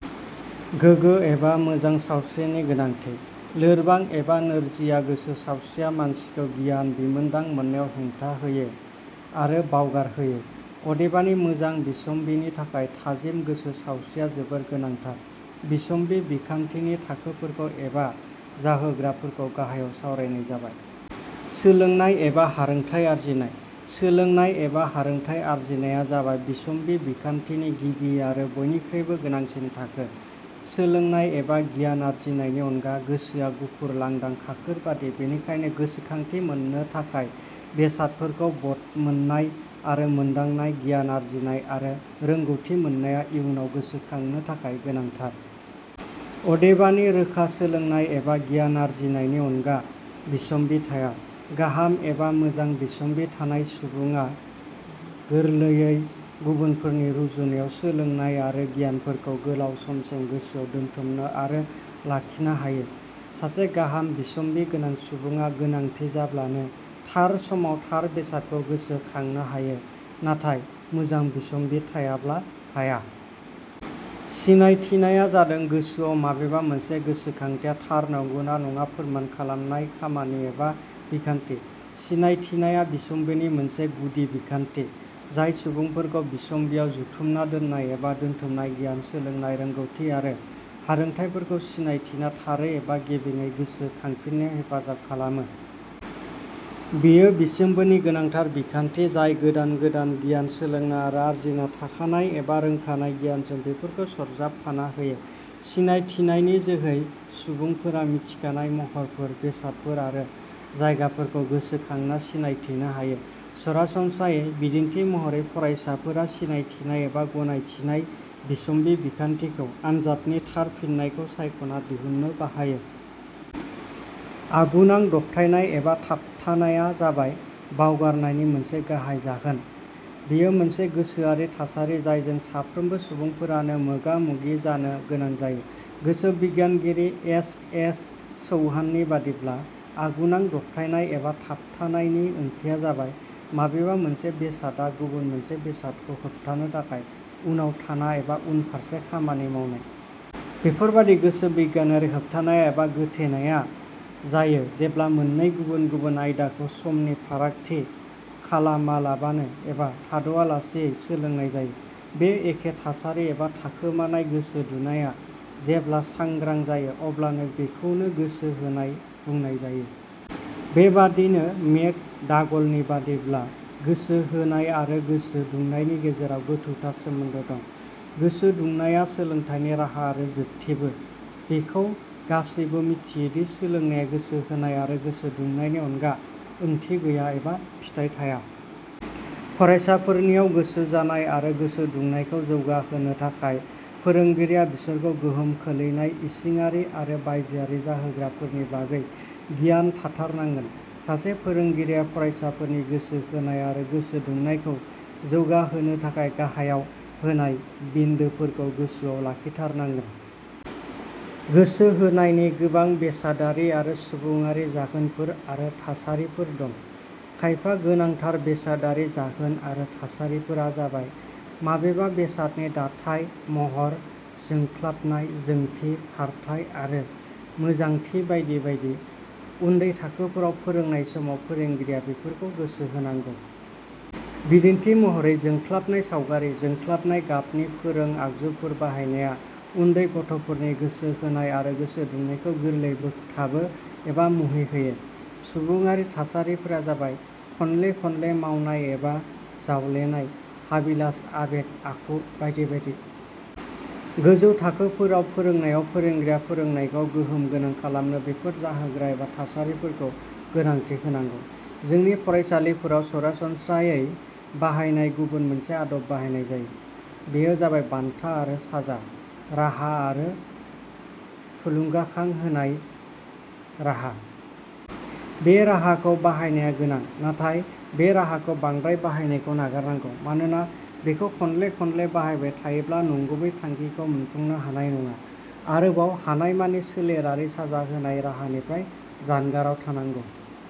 गोगो एबा मोजां सावस्रिनि गोनांथि: लोरबां एबा नोरजिया गोसो सावस्रिया मानसिखौ गियान बिमोनदां मोननायाव हेंथा हायो आरो बावगार होयो। अदेबानि मोजां बिसम्बिनि थाखाय थाजिम गोसो सावस्रिया जोबोर गोनांथार।: बिसम्बि बिखान्थिनि थाखोफोरखौ एबा जाहोग्राफोरखौ गाहायाव सावरायनाय जाबायः. सोलोंनाय एबा हारोंथाइ आरजिनाय: सोलोंनाय एबा हारोंथाइ आरजिनाया जाबाय बिसम्ब बिखान्थिनि गिबि आरो बयनिखुइबो गोनांसिन थाखो। सोलोंनाय एबा गियान आरजिनायनि अनगा गोसोआ गुफुर लांदां खाखोर बादि। बेनिखायनो गोसोखांथि मोननो थाखाय बेसादफोरखौ बदमोननाय आरो मोनदांनाय गियान आरजिनाय आरो रोंगौथि मोननाया इयुनाव गोसोखांनो थाखाय गोनांथार। अदेबानि रोखा सोलोंनाय एबा गियान आरजिनायनि अनगा बिसम्बि थाया। गाहाम एबा मोजां बिसम्बि थानाय सुबुङा गोरलैयै गुबुनफोरनि रुजुनायाव सोलोंनाय आरो गियानफोरखौ गोलाउ समसिम गोसोआव दोनथुमनो आरो लाखिनो हायो। सासे गाहाम बिसम्बि गोनां सुबुङा गोनांथि जाब्लानो थार समाव थार बेसादखौ गोसो खांनो हायो नाथाय, मोजां बिसम्बि थायाब्ला हाया। सिनायथिनाया जादों गोसोआव माबेबा मोनसे गोसोखांथिया थार नंगौना नडा फोरमान खालामनाय खामानि एबा बिखान्थि। सिनायथिनाया बिसम्बिनि मोनसे गुदि बिखान्थि जाय सुबुंफोरखौ बिसम्बियाव जुथुमना दोननाय एबा दोनथुमनाय गियान, सोलोंनाय, रोंगौथि आरो हारोंथाइफोरखौ सिनायथिना थारै एबा गेर्बेयै गोसो खांफिननायाव हेफाजाब खालामो। बेयो बिसम्बिनि गोनांथार बिखान्थि जाय गोदान गोदान गियान सोलोंना आरो आरजिना थाखानाय एबा रोंखानाय गियानजों बेफोरखौ सरजाबफाना होयो। सिनायथिनायनि जो है सुबुंफोरा मिथिखानाय महरफोर, बेसादफोर आरो जायगाफोरखौ गोसोखांना सिनायथिनो हायो। सरासनस्रायै, बिदिन्थि महरै फरायसाफोरा सिनायथिनाय एबा गनायथिनाय बिसम्बि बिखान्थिखौ "" आनजादनि थारफिननायखौ सायख'ना दिहुननो बाहायो।: आगुनां दबथाइनाय एबा थाबथानाया जाबाय बावगारनायनि मोनसे गाहाइ जाहोन। बेयो मोनसे गोसोआरि थासारि जायजों साफ्रोमबो सुबुंफोरानो मोगा-मोगि जानो गोनां जायो। गोसोबिगियानगिरि एस. एस. चौहाननि बादिब्ला, 'आगुनां दबथाइनाय एबा थाबथानायनि ओंथिया जाबाय माबेबा मोनसे बेसादा गुबुन मोनसे बेसादखौ होबथानो थाखाय उनाव थाना एबा उन फारसे खामानि मावनाय। ' बेफोरबादि गोसो बिगियानारि होबथानाया एबा गोथेनाया जायो जेब्ला मोननै गुबुन-गुबुन आयदाखौ समनि फारागथि खालामालाबानो एबा थाद'आलासेयै सोलोंनाय जायो। बे एखे थासारि एबा थाखोमानाय गोसो दुनाया जेब्ला सांग्रां जायो अब्लानो बेखौनो गोसो होनाय बुंनाय जायो। बे बादिनो मेक. डागल नि बादिब्ला गोसो होनाय आरो गोसो दुंनायनि गेजेराव गोथौथार सोमोन्दो दं। "गोसो दुंनाया सोलोंथाइनि राहा आरो जोबथिबो": बेखौ गासैबो मिथियोदि सोलोंनाया गोसो होनाय आरो गोसो दुंनायनि अनगा ओंथि गैया एबा फिथाइ थाया। फरायसाफोरनियाव गोसो जानाय आरो गोसो दुंनायखौ जौगाहोनो थाखाय फोरोंगिरिया बिसोरखौ गोहोम खोलैनाय इसिडारि आरो बायजोआरि जाहोग्राफोरनि बागै गियान थाथार नांगोन। सासे फोरोंगिरिया फरायसाफोरनि गोसो होनाय आरो गोसो दुंनायखौ जौगाहोनो थाखाय गाहायाव होनाय बिन्दोफोरखौ गोसोआव लाखिथारनांगोनः. गोसो होनायनि गोबां बेसादारि आरो सुबुडारि जाहोनफोर आरो थासारिफोर दं। खायफा गोनांथार बेसादारि जाहोन आरो थासारिफोरा जाबाय- माबेबा बेसादनि दाथाइ, महर, जोंख्लाबनाय, जोंथि, खारथाइ आरो मोजांथि बायदि बायदि। उन्दै थाखोफोराव फोरोंनाय समाव फोरोंगिरिया बेफोरखौ गोसो होनांगौ। बिदिन्थि महरै जोंख्लाबनाय सावगारि, जोंख्लाबनाय गाबनि फोरों आगजुफोर बाहायनाया उन्दै गथ'फोरनि गोसो होनाय आरो गोसो दुंनायखौ गोरलैयै बोगथाबो एबा मुहि होयो। सुबुङारि थासारिफोरा जाबाय- खनले खनले मावनाय एबा जावलेनाय, हाबिलास, आबेग, आखु बायदि बायदि। गोजौ थाखोफोराव फोरोंनायाव फोरोंगिरिया फोरोंनायखौ गोहोम गोनां खालामनो बेफोर जाहोग्रा एबा थासारिफोरखौ गोनांथि होनांगौ।. जोंनि फरायसालिफोराव सरासनम्रायै बाहायनाय गुबुन मोनसे आदब बाहायनाय जायो, बेयो जाबाय "बान्था आरो साजा" राहा आरो" थुलुंगाखां होनाय" राहा। बे राहाखौ बाहायनाया गोनां, नाथाइ बे राहाखौ बांद्राय बाहायनायखौ नागार नांगौ। मानोना बेखौ खनले खनले बाहायबाय थायोब्ला नंगुबै थांखिखौ मोनफुंनो हानाय नङा। आरोबाव हानायमानि सोलेरारि साजा होनाय राहानिफ्राय जानगाराव थानांगौ.